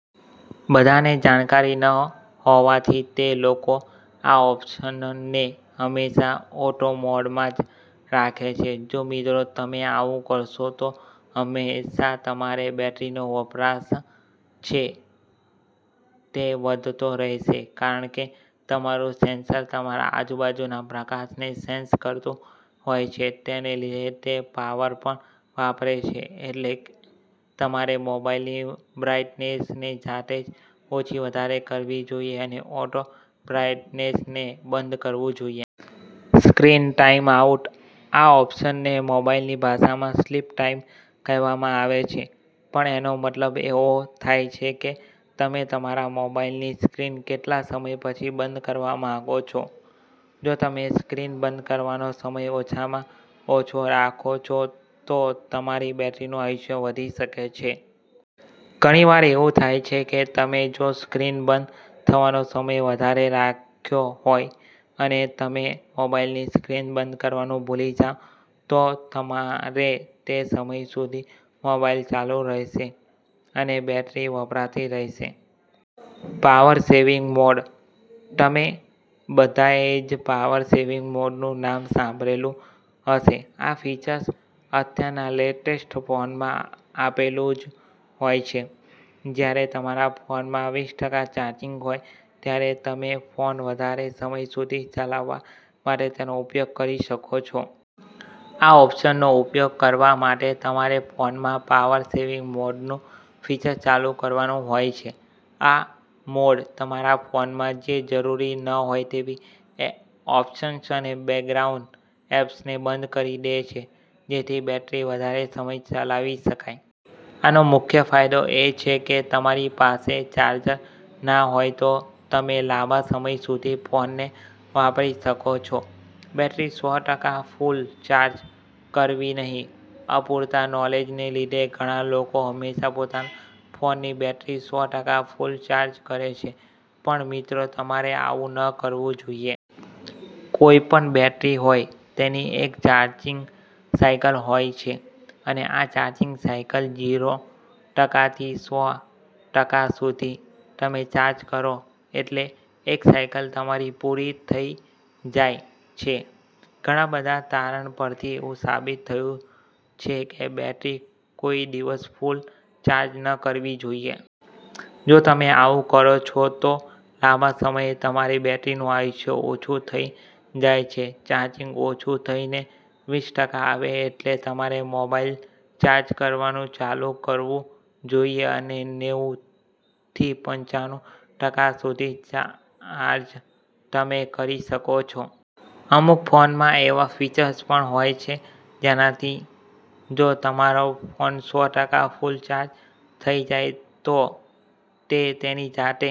બધાને જાણકારી ન હોવાથી તે લોકો આ ઓપ્શનને હંમેશા ઓટો મોડમાં જ રાખે છે. જો મિત્રો તમે આવું કરશો તો હંમેશા તમારે બેટરીનો વપરાશ છે તે વધતો રહેશે કારણ કે તમારું સેન્સર તમારા આજુબાજુના પ્રકાશને સેન્સ કરતું હોય છે તેને લીધે તે પાવર પણ વાપરે છે એટલે તમારે મોબાઇલની બ્રાઇટનેસને જાતે જ ઓછી-વધારે કરવી જોઈએ અને ઓટો બ્રાઇટનેસને બંધ કરવું જોઈએ. સ્ક્રીન ટાઈમ આઉટ, આ ઓપ્શનને મોબાઈલની ભાષામાં સ્લીપ ટાઈમ કહેવામાં આવે છે પણ એનો મતલબ એવો થાય છે કે તમે તમારા મોબાઈલની સ્ક્રીન કેટલા સમય પછી બંધ કરવા માંગો છો. જો તમે સ્ક્રીન બંધ કરવાનો સમય ઓછામાં ઓછો રાખો છો તો તમારી બેટરીનું આયુષ્ય વધી શકે છે. ઘણી વાર એવું થાય છે કે તમે જો સ્ક્રીન બંધ થવાનો સમય વધારે રાખ્યો હોય અને તમે મોબાઇલની સ્ક્રીન બંધ કરવાનું ભૂલી જાવ તો તમારે તે સમય સુધી મોબાઈલ ચાલુ રહેશે અને બેટરી વપરાતી રહેશે. પાવર સેવિંગ મોડ, તમે બધાએ જ પાવર સેવિંગ મોડનું નામ સાંભળેલું હશે. આ ફીચર અત્યારના લેટેસ્ટ ફોનમાં આપેલું જ હોય છે. જ્યારે તમારા ફોનમાં વીસ ટકા ચાર્જિંગ હોય ત્યારે તમે ફોન વધારે સમય સુધી ચલાવવા માટે તેનો ઉપયોગ કરી શકો છો. આ ઓપ્શનનો ઉપયોગ કરવા માટે તમારે ફોનમાં પાવર સેવિંગ મોડનું ફીચર ચાલુ કરવાનું હોય છે. આ મોડ તમારા ફોનમાં જે જરૂરી ન હોય તેવી ઓપ્શન અને બેકગ્રાઉન્ડ એપને બંધ કરી દે છે જેથી બેટરી વધારે સમય ચલાવી શકાય. આનો મુખ્ય ફાયદો એ છે કે તમારી પાસે ચાર્જર ના હોય તો તમે લાંબા સમય સુધી ફોનને વાપરી શકો છો. બેટરી સો ટકા ફુલ ચાર્જ કરવી નહી. અપૂરતા નોલેજને લીધે ઘણા લોકો હંમેશા પોતાના ફોનની બેટરી સો ટકા સુધી ફુલ ચાર્જ કરે છે પણ મિત્રો તમારે આવું ન કરવું જોઈએ. કોઈ પણ બેટરી હોય તેની એક ચાર્જિંગ સાયકલ હોય છે અને આ ચાર્જિંગ સાયકલ ઝીરો ટકા થી સો ટકા સુધી તમે ચાર્જ કરો એટલે એક સાયકલ તમારી પુરી થઈ જાય છે. ઘણા બધા તારણ પરથી એવુ સાબિત થયુ છે કે બેટરી કોઈ દિવસ ફૂલ ચાર્જ ન કરવી જોઈએ. જો તમે આવું કરો છો તો લાંબા સમયે તમારી બેટરીનું આયુષ્ય ઓછું થઈ જાય છે. ચાર્જિંગ ઓછું થઈને વીસ ટકા આવે એટલે તમારે મોબાઇલ ચાર્જ કરવાનું ચાલુ કરવું જોઈએ અને નેવું થી પંચાણું ટકા સુધી ચાર્જ તમે કરી શકો છો. અમુક ફોનમાં એવા ફીચર પણ આવે છે જેનાથી જો તમારો ફોન સો ટકા ફુલ ચાર્જ થઈ જાય તો તે તેની જાતે